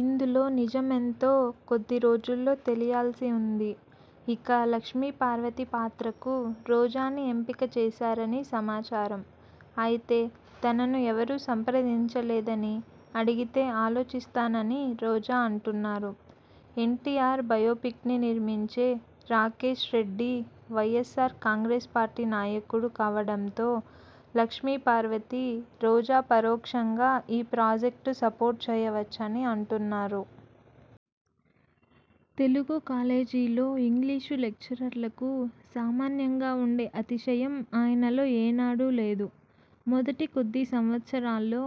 ఇందులో నిజమెంతో కొద్ది రోజుల్లో తెలియాల్సి ఉంది. ఇక లక్ష్మీపార్వతి పాత్రకు రోజాని ఎంపిక చేశారని సమాచారం. అయితే తనని ఎవరూ సంప్రదించలేదని, అడిగితే ఆలోచిస్తానని రోజా అంటున్నారు. ఎన్టీఆర్ బయోపిక్ని నిర్మించే రాకేశ్రెడ్డి వైఎస్సార్ కాంగ్రెస్ పార్టీ నాయకుడు కావడంతో లక్ష్మీపార్వతి, రోజా పరోక్షంగా ఈ ప్రాజెక్ట్కు సపోర్ట్ చేయవచ్చని అంటున్నారు. తెలుగు కాలేజీలో ఇంగ్లీషు లెక్చరర్లకు సామాన్యంగా ఉండే అతిశయం ఆయనలో ఏనాడూ లేదు. మొదటి కొద్ది సంవత్సరాల్లో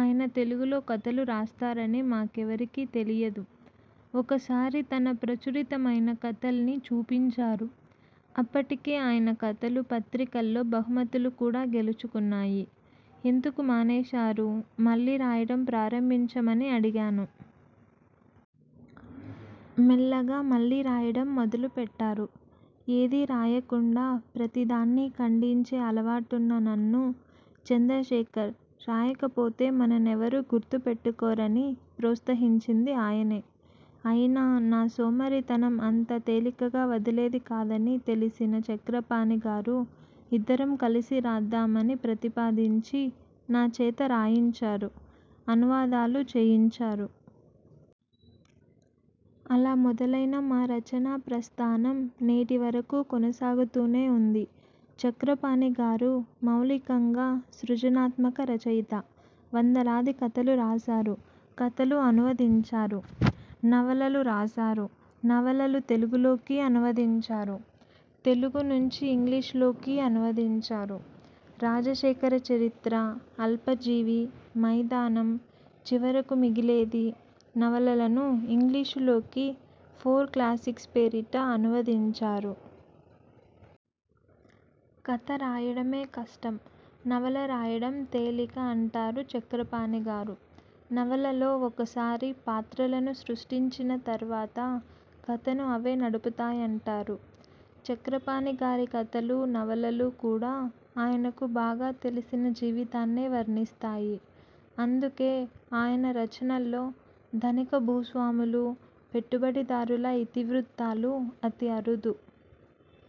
ఆయన తెలుగులో కథలు రాస్తారని మాకెవరికీ తెలియదు. ఒకసారి తన ప్రచురితమైన కథల్ని చూపించారు. అప్పటికే ఆయన కథలు పత్రికల్లో బహుమతులు కూడా గెలుచుకున్నాయి. ఎందుకు మానేశారు, మళ్లీ రాయడం ప్రారంభించమని అడిగాను. మెల్లగా మళ్లీ రాయడం మొదలుపెట్టారు. ఏదీ రాయకుండా ప్రతిదాన్నీ ఖండించే అలవాటున్న నన్ను 'చంద్రశేఖర్! రాయకపోతే మననెవరూ గుర్తుపెటుకోర'ని ప్రోత్సహించింది ఆయనే. అయినా నా సోమరితనం అంత తేలికగా వదిలేది కాదని తెలిసిన చక్రపాణి గారు ఇద్దరం కలిసి రాద్దామని ప్రతిపాదించి నా చేత రాయించారు, అనువాదాలు చేయించారు. అలా మొదలైన మా రచనా ప్రస్థానం నేటివరకూ కొనసాగుతూనే ఉంది. చక్రపాణి గారు మౌలికంగా సృజనాత్మక రచయిత. వందలాది కథలు రాశారు, కథలు అనువదించారు. నవలలు రాశారు, నవలలు తెలుగులోకి అనువదించారు. తెలుగు నుంచి ఇంగ్లీషులోకీ అనువదించారు. 'రాజశేఖర చరిత్ర', 'అల్పజీవి', 'మైదానం', 'చివరకు మిగిలేది' నవలలను ఇంగ్లీషులోకి ఫోర్ క్లాసిక్స్ పేరిట అనువదించారు. కథ రాయడమే కష్టం, నవల రాయడం తేలిక అంటారు చక్రపాణి గారు. నవలలో ఒకసారి పాత్రలను సృష్టించిన తర్వాత కథను అవే నడుపుతాయంటారు. చక్రపాణి గారి కథలూ, నవలలూ కూడా ఆయనకు బాగా తెలిసిన జీవితాన్నే వర్ణిస్తాయి. అందుకే ఆయన రచనల్లో ధనిక భూస్వాములూ, పెట్టుబడిదారుల ఇతివృత్తాలు అతి అరుదు.